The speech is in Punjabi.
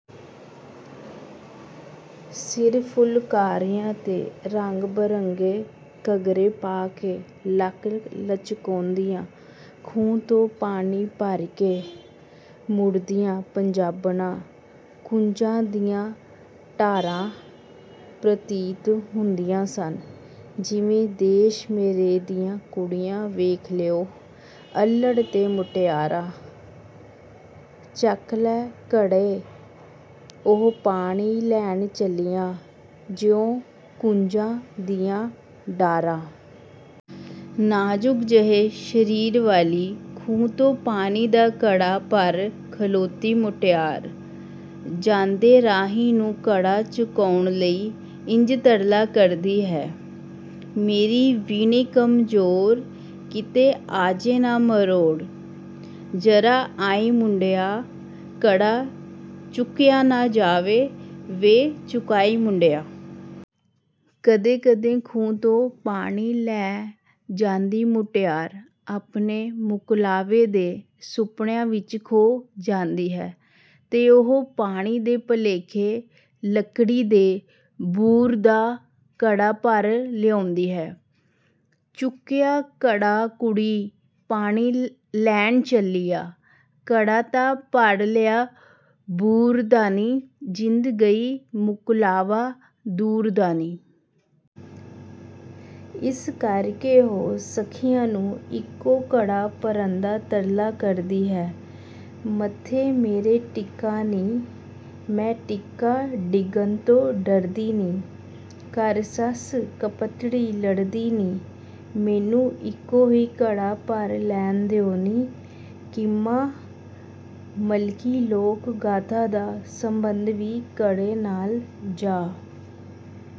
ਸਿਰ ਫੁਲਕਾਰੀਆਂ ਤੇ ਰੰਗ-ਬਰੰਗੇ ਘੱਗਰੇ ਪਾ ਕੇ ਲੱਕ ਲਚਕਾਉਂਦੀਆਂ ਖੂਹ ਤੋਂ ਪਾਣੀ ਭਰ ਕੇ ਮੁੜਦੀਆਂ ਪੰਜਾਬਣਾਂ ਕੂੰਜਾਂ ਦੀਆਂ ਡਾਰਾਂ ਪ੍ਰਤੀਤ ਹੁੰਦੀਆਂ ਸਨ। ਜਿਵੇਂ ਦੇਸ਼ ਮੇਰੇ ਦੀਆਂ ਕੁੜੀਆਂ ਵੇਖ ਲਓ, ਅੱਲ੍ਹੜ ਤੇ ਮੁਟਿਆਰਾਂ। ਚਕ ਲੈ ਘੜੇ ਉਹ ਪਾਣੀ ਲੈਣ ਚੱਲੀਆਂ, ਜਿਉਂ ਕੂੰਜਾਂ ਦੀਆਂ ਡਾਰਾਂ। ਨਾਜ਼ੁਕ ਜਿਹੇ ਸਰੀਰ ਵਾਲੀ ਖੂਹ ਤੋਂ ਪਾਣੀ ਦਾ ਘੜਾ ਭਰ ਖਲੋਤੀ ਮੁਟਿਆਰ ਜਾਂਦੇ ਰਾਹੀ ਨੂੰ ਘੜਾ ਚੁਕਾਉਣ ਲਈ ਇੰਜ ਤਰਲਾ ਕਰਦੀ ਹੈ: ਮੇਰੀ ਵੀਣੀ ਕਮਜ਼ੋਰ, ਕਿਤੇ ਆ ਜੇ ਨਾ ਮਰੋੜ। ਜ਼ਰਾ ਆਈਂ ਮੁੰਡਿਆ। ਘੜਾ ਚੁੱਕਿਆ ਨਾ ਜਾਵੇ, ਵੇ ਚੁਕਾਈਂ ਮੁੰਡਿਆ। ਕਦੇ-ਕਦੇ ਖੂਹ ਤੋਂ ਪਾਣੀ ਲੈ ਜਾਂਦੀ ਮੁਟਿਆਰ ਆਪਣੇ ਮੁਕਲਾਵੇ ਦੇ ਸੁਪਨਿਆਂ ਵਿੱਚ ਖੋ ਜਾਂਦੀ ਹੈ ਤੇ ਉਹ ਪਾਣੀ ਦੇ ਭੁਲੇਖੇ ਲੱਕੜੀ ਦੇ ਬੂਰ ਦਾ ਘੜਾ ਭਰ ਲਿਆਉਂਦੀ ਹੈ: ਚੁੱਕਿਆ ਘੜਾ ਕੁੜੀ ਪਾਣੀ ਲੈਣ ਚੱਲੀ ਆ, ਘੜਾ ਤਾਂ ਭਰ ਲਿਆ ਬੂਰ ਦਾ ਨੀਂ, ਜਿੰਦ ਗਈ ਮੁਕਲਾਵਾ ਦੂਰ ਦਾ ਨੀਂ। ਇਸ ਕਰ ਕੇ ਉਹ ਸਖ਼ੀਆਂ ਨੂੰ ਇੱਕੋ ਘੜਾ ਭਰਨ ਦਾ ਤਰਲਾ ਕਰਦੀ ਹੈ:ਮੱਥੇ ਮੇਰੇ ਟਿੱਕਾ ਨੀਂ, ਮੈਂ ਟਿੱਕਾ ਡਿੱਗਣ ਤੋਂ ਡਰਦੀ ਨੀਂ, ਘਰ ਸੱਸ ਕੁਪੱਤੜੀ ਲੜਦੀ ਨੀਂ। ਮੈਨੂੰ ਇੱਕੋ ਹੀ ਘੜਾ ਭਰ ਲੈਣ ਦਿਓ ਨੀਂ। ਕੀਮਾ-ਮਲਕੀ ਲੋਕ-ਗਾਥਾ ਦਾ ਸਬੰਧ ਵੀ ਘੜੇ ਨਾਲ ਜਾ